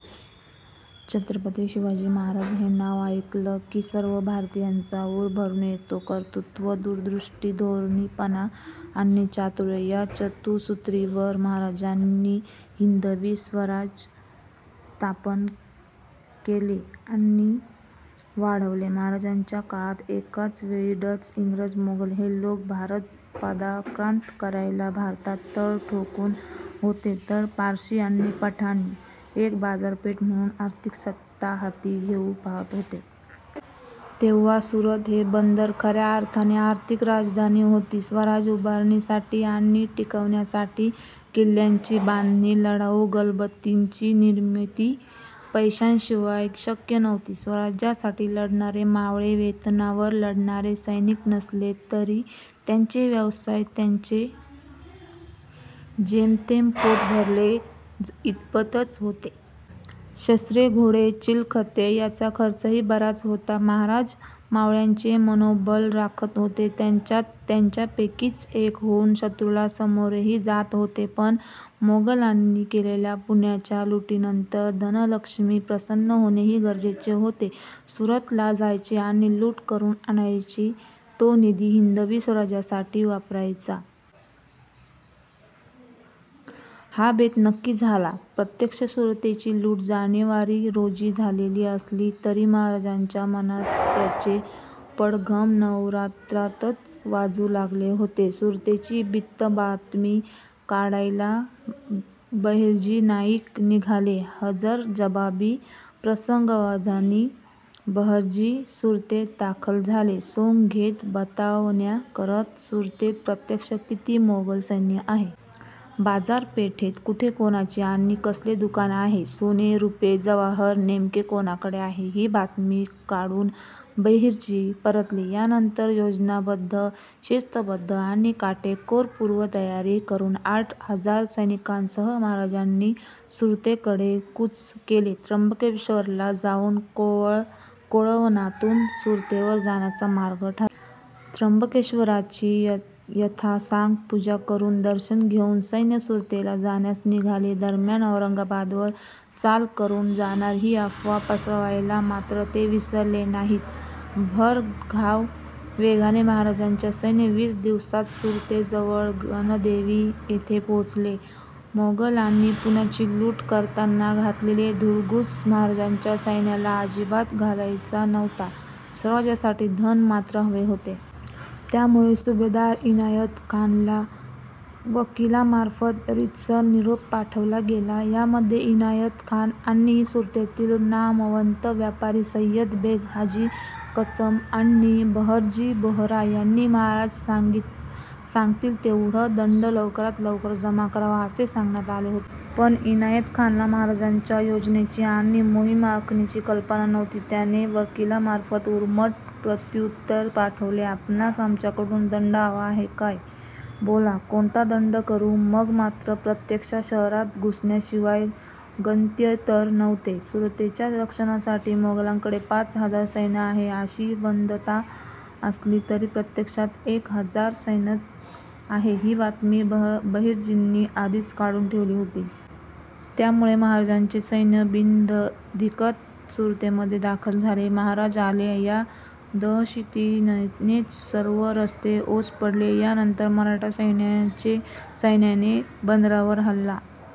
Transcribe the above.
छत्रपती शिवाजी महाराज हे नाव ऐकलं की सर्व भारतीयांचा ऊर भरून येतो. कर्तृत्व, दूरदृष्टी, धोरणीपणा आणि चातुर्य या चतुसूत्रीवर महाराजांनी हिंदवी स्वराज्य स्थापन केले आणि वाढवले. महाराजांच्या काळात एकाच वेळी डच, इंग्रज, मोगल हे लोक भारत पादाक्रांत करायला भारतात तळ ठोकून होते तर पारशी आणि पठाण एक बाजारपेठ म्हणून आर्थिक सत्ता हाती घेऊ पाहत होते. तेव्हा सुरत हे बंदर खऱ्या अर्थाने आर्थिक राजधानी होती. स्वराज्य उभारणीसाठी आणि टिकवण्यासाठी किल्ल्यांची बांधणी लढाऊ गलबतांची निर्मिती पैशांशिवाय शक्य नव्हती. स्वराज्यासाठी लढणारे मावळे वेतनावर लढणारे सैनिक नसले तरी त्यांचे व्यवसाय त्यांचे जेमतेम पोट भरेल इतपतच होते. शस्त्रे, घोडे, चिलखते याचा खर्चही बराच होता. महाराज मावळ्यांचे मनोबल राखत होते. त्यांच्यात त्यांच्यापैकीच एक होऊन शत्रूला सामोरेही जात होते. पण मोगलांनी केलेल्या पुण्याच्या लुटीनंतर धनलक्ष्मी प्रसन्न होणेही गरजेचे होते. सुरतला जायचे आणि लूट करून आणायची तो निधी हिंदवी स्वराज्यासाठी वापरायचा. हा बेत नक्की झाला. प्रत्यक्ष सुरतेची लूट जानेवारी रोजी झालेली असली तरी महाराजांच्या मनात त्याचे पडघम नवरात्रातच वाजू लागले होते. सुरतेची बित्तंबातमी काढायला बहिर्जी नाईक निघाले. हजरजबाबी, प्रसंगावधानी बहिर्जी सुरतेत दाखल झाले. सोंग घेत बतावण्या करत सुरतेत प्रत्यक्ष किती मोगल सैन्य आहे? बाजारपेठेत कुठे कोणाचे आणि कसले दुकान आहे? सोने, रूपे, जवाहर नेमके कोणाकडे आहे? ही बातमी काढून बहिर्जी परतले. यानंतर योजनाबद्ध, शिस्तबद्ध आणि काटेकोर पूर्वतयारी करून आठ हजार सैनिकांसह महाराजांनी सुरतेकडे कूच केले. त्र्यंबकेश्वराला जाऊन कोळवणातून सुरतेवर जाण्याचा मार्ग ठरला. त्र्यंबकेश्वराची यथासांग पूजा करून, दर्शन घेऊन सैन्य सुरतेला जाण्यास निघाले. दरम्यान 'औरंगाबादवर चाल करून जाणार, ही अफवा पसरवायला मात्र ते विसरले नाहीत. भरधाव वेगाने महाराजांचे सैन्य वीस दिवसांत सुरतेजवळ गणदेवी येथे पोहोचले. मोगलांनी पुण्याची लूट करताना घातलेला धुडगूस महाराजांच्या सैन्याला अजिबात घालायचा नव्हता स्वराज्यासाठी धन मात्र हवे होते. त्यामुळे सुभेदार इनायत खानला वकीलामार्फत रीतसर निरोप पाठवला गेला. यामध्ये इनायत खान आणि सुरतेतील नामवंत व्यापारी सय्यद बेग, हाजी कासम आणि बहरजी बोहरा यांनी महाराज सांगतील तेवढा दंड लवकरात लवकर जमा करावा असे सांगण्यात आले होते. पण इनायत खानला महाराजांच्या योजनेची आणि मोहीम आखणीची कल्पना नव्हती. त्याने वकिलामार्फत उर्मट प्रत्युत्तर पाठवले, आपणास आमच्याकडून दंड हवा आहे काय? बोला, कोणता दंड करू? मग मात्र प्रत्यक्ष शहरात घुसण्याशिवाय गत्यंतर नव्हते. सुरतेच्या रक्षणासाठी मोगलांकडे पाच हजार सैन्य आहे अशी वदंता असली तरी प्रत्यक्षात एक हजार सैन्यच आहे ही बातमी बहिर्जींनी आधीच काढून ठेवली होती. त्यामुळे महाराजांचे सैन्य बिनदिक्कत सुरतेमध्ये दाखल झाले. महाराज आले या दहशतीनेच सर्व रस्ते ओस पडले. यानंतर मराठा सैन्याने बंदरावर हल्ला